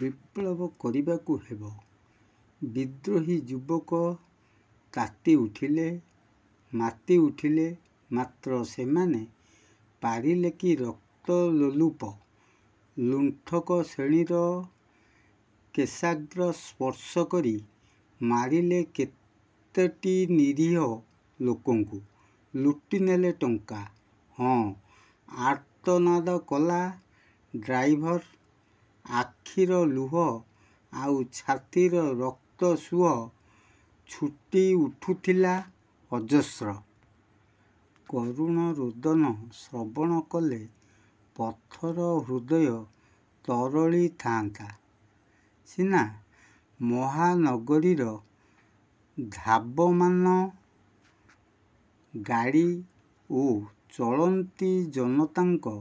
ବିପ୍ଳବ କରିବାକୁ ହେବ। ବିଦ୍ରୋହୀ ଯୁବକ ତାତି ଉଠିଲେ, ମାତି ଉଠିଲେ। ମାତ୍ର ସେମାନେ ପାରିଲେ କି ରକ୍ତ ଲୋଲୁପ, ଲୁଣ୍ଠକ ଶ୍ରେଣୀର କେଶାଗ୍ର ସ୍ପର୍ଶ କରି? ମାରିଲେ କେତୋଟି ନିରୀହ ଲୋକଙ୍କୁ, ଲୁଟିନେଲେ ଟଙ୍କା। ହଁ, ଆର୍ତ୍ତନାଦ କଲା ଡ୍ରାଇଭର। ଆଖିର ଲୁହ ଆଉ ଛାତିର ରକ୍ତ ସୁଅ ଛୁଟି ଉଠିଥିଲା ଅଜସ୍ର। କରୁଣ ରୋଦନ ଶ୍ରବଣ କଲେ ପଥର ହୃଦୟ ତରଳି ଥାଆନ୍ତା ସିନା; ମହାନଗରୀର ଧାବମାନ ଗାଡ଼ି ଓ ଚଳନ୍ତି ଜନତାଙ୍କ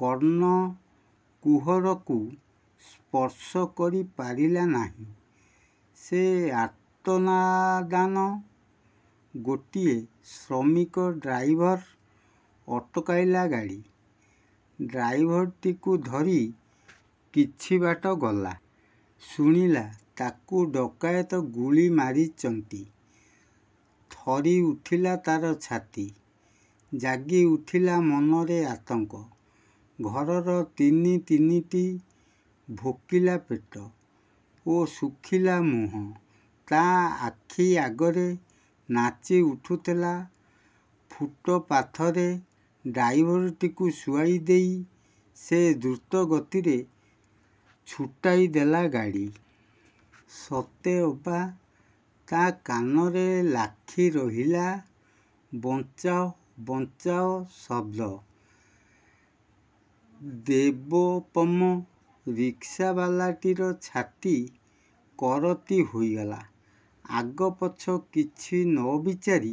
କର୍ଣ୍ଣ କୁହରକୁ ସ୍ପର୍ଶ କରି ପାରିଲା ନାହିଁ ସେ ଆର୍ତ୍ତଦାନ। ଗୋଟିଏ ଶ୍ରମିକ ଡ୍ରାଇଭର ଅଟକାଇଲା ଗାଡ଼ି। ଡ୍ରାଇଭରଟିକୁ ଧରି କିଛି ବାଟ ଗଲା। ଶୁଣିଲା ତାକୁ ଡକାୟତ ଗୁଳି ମାରିଚନ୍ତି। ଥରି ଉଠିଲା ତାର ଛାତି। ଜାଗି ଉଠିଲା ମନରେ ଆତଙ୍କ, ଘରର ତିନି ତିନୋଟି ଭୋକିଲା ପେଟ ଓ ଶୁଖିଲା ମୁହଁ ତା ଆଖି ଆଗରେ ନାଚିଉଠିଲା। ଫୁଟପାଥରେ ଡ୍ରାଇଭରଟିକୁ ଶୁଆଇ ଦେଇ ସେ ଦ୍ରୁତତର ଗତିରେ ଛୁଟାଇ ଦେଲା ଗାଡ଼ି। ସତେ ଅବା ତା କାନରେ ଲାଖି ରହିଲା 'ବଞ୍ଚାଓ' 'ବଞ୍ଚାଓ' ଶବ୍ଦ।। ଦେବୋପମ ରିକ୍ସାବାଲାଟିର ଛାତି କରତି ହୋଇଗଲା। ଆଗପଛ କିଛି ନ ବିଚାରି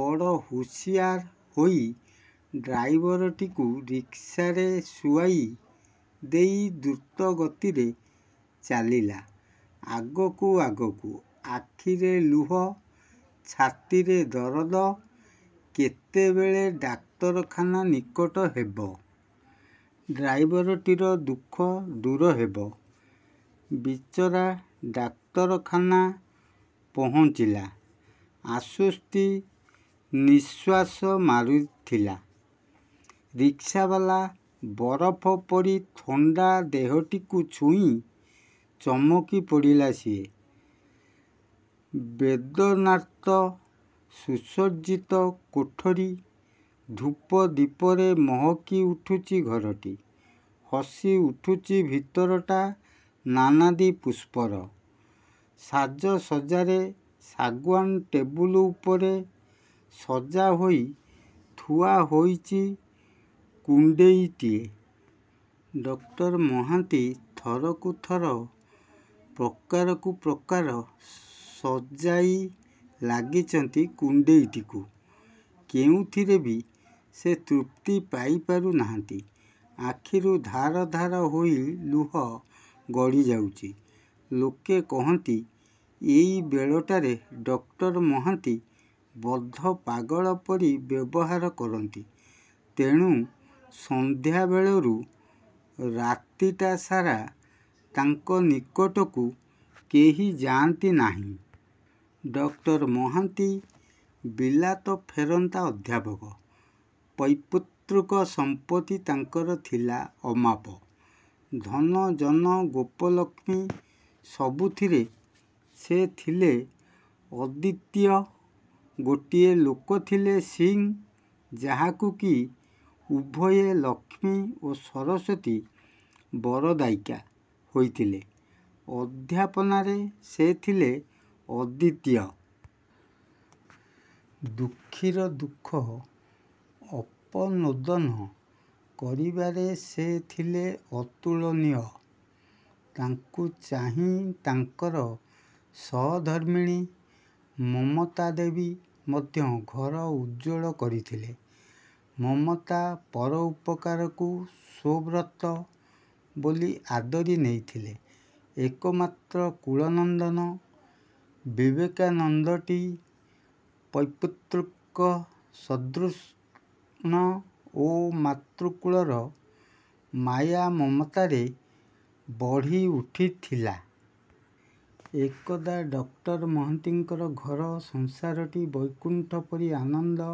ବଡ଼ ହୁସିଆର ହୋଇ ଡ୍ରାଇଭରଟିକୁ ରିକ୍ସାରେ ଶୁଆଇ ଦେଇ ଦ୍ରୁତ ଗତିରେ ଚାଲିଲା ଆଗକୁ ଆଗକୁ। ଆଖିରେ ଲୁହ, ଛାତିରେ ଦରଦ, କେତେବେଳେ ଡାକ୍ତରଖାନା ନିକଟ ହେବ। ଡ୍ରାଇଭରଟିର ଦୁଃଖ ଦୂର ହେବ, ବିଚରା। ଡାକ୍ତରଖାନା ପହୁଞ୍ଚିଲା। ଆଶ୍ୱସ୍ତି ନିଶ୍ୱାସ ମାରିଥିଲା ରିକ୍ସାବାଲା, ବରଫ ପରି ଥଣ୍ତା ଦେହଟିକୁ ଛୁଇଁ ଚମକି ପଡ଼ିଥିଲା ସିଏ। ବେଦନାର୍ତ୍ତ ସୁସଜ୍ଜିତ କୋଠରୀ। ଧୂପ ଦୀପରେ ମହକିଉଠୁଚି ଘରଟି। ହସି ଉଠୁଚି ଭିତରଟା ନାନାଦି ପୁଷ୍ପର ସାଜସଜ୍ଜାରେ। ଶାଗୁଆନ ଟେବୁଲ ଉପରେ ସଜା ହୋଇ ଥୁଆ ହୋଇଚି କୁଣ୍ତେଇଟିଏ। ଡକ୍ଟର ମହାନ୍ତି ଥରକୁ ଥର ପ୍ରକାରକୁ ପ୍ରକାର ସଜାଇ ଲାଗିଚନ୍ତି କୁଣ୍ତେଇଟିକୁ, କେଉଁଥିରେ ବି ସେ ତୃପ୍ତି ପାଇପାରୁ ନାହାନ୍ତି। ଆଖିରୁ ଧାର ଧାର ହୋଇ ଲୁହ ଗଡ଼ିଯାଉଚି। ଲୋକେ କହନ୍ତି, ଏଇ ବେଳଟାରେ ଡକ୍ଟର ମହାନ୍ତି ବଦ୍ଧ ପାଗଳ ପରି ବ୍ୟବହାର କରନ୍ତି। ତେଣୁ ସନ୍ଧ୍ୟାବେଳରୁ ରାତିଟା ସାରା ତାଙ୍କ ନିକଟକୁ କେହି ଯାଆନ୍ତି ନାହିଁ। ଡକ୍ଟର ମହାନ୍ତି ବିଲାତ ଫେରନ୍ତା ଅଧ୍ୟାପକ। ପୈତୃକ ସମ୍ପତ୍ତି ତାଙ୍କର ଥିଲା ଅମାପ। ଧନ ଜନ, ଗୋପଲକ୍ଷ୍ମୀ ସବୁଥିରେ ସେ ଥିଲେ ଅଦ୍ୱିତୀୟ। ଗୋଟିଏ ଲୋକ ଥିଲେ ସିଂ, ଯାହାକୁ କି ଉଭୟେ ଲକ୍ଷ୍ମୀ ଓ ସରସ୍ୱତୀ ବରଦାୟିକା ହୋଇଥିଲେ। ଅଧ୍ୟାପନାରେ ସେ ଥିଲେ ଅଦ୍ୱିତୀୟ। ଦୁଃଖୀର ଦୁଃଖ ଅପନୋଦନ କରିବାରେ ସେ ଥିଲେ ଅତୁଳନୀୟ। ତାଙ୍କୁ ଚାହିଁ ତାଙ୍କର ସହଧର୍ମିଣୀ ମମତାଦେବୀ ମଧ୍ୟ ଘର ଉଜ୍ଜ୍ୱଳ କରିଥିଲେ। ମମତା ପରୋପକାରକୁ ସ୍ୱ ବ୍ରତ ବୋଲି ଆଦରି ନେଇଥିଲେ। ଏକମାତ୍ର କୁଳନନ୍ଦନ ବିବେକାନନ୍ଦଟି ପୈତୃକ ସଦ୍ଗୁଣ ଓ ମାତୃକୁଳର ମାୟା ମମତାରେ ବଢ଼ିଉଠିଥିଲା। ଏକଦା ଡକ୍ଟର ମହାନ୍ତିଙ୍କ ଘର ସଂସାରଟି ବୈକୁଣ୍ଠ ପରି ଆନନ୍ଦ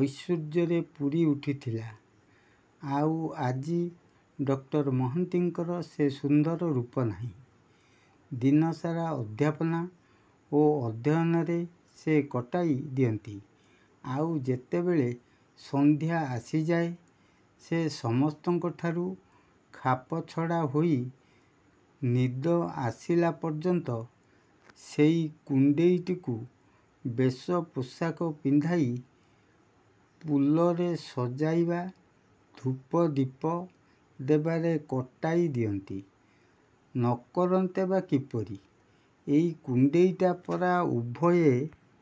ଐଶ୍ୱର୍ଯ୍ୟରେ ପୂରି ଉଠିଥିଲା। ଆଉ ଆଜି! ଡକ୍ଟର ମହାନ୍ତିଙ୍କର ସେ ସୁନ୍ଦର ରୂପ ନାହିଁ। ଦିନ ସାରା ଅଧ୍ୟାପନା ଓ ଅଧ୍ୟୟନରେ ସେ କଟାଇ ଦିଅନ୍ତି, ଆଉ ଯେତେବେଳେ ସଂଧ୍ୟା ଆସିଯାଏ, ସେ ସମସ୍ତଙ୍କଠାରୁ ଖାପଛଡ଼ା ହୋଇ ନିଦ ଆସିଲା ପର୍ଯ୍ୟନ୍ତ ସେଇ କୁଣ୍ତେଇଟିକୁ ବେଶ ପୋଷାକ ପିନ୍ଧାଇବା, ପୁଲରେ ସଜାଇବା, ଧୂପ ଦୀପ ଦେବାରେ କଟାଇ ଦିଅନ୍ତି। ନ କରନ୍ତେ ବା କିପରି? ଏହି କୁଣ୍ତେଇଟା ପରା ଉଭୟେ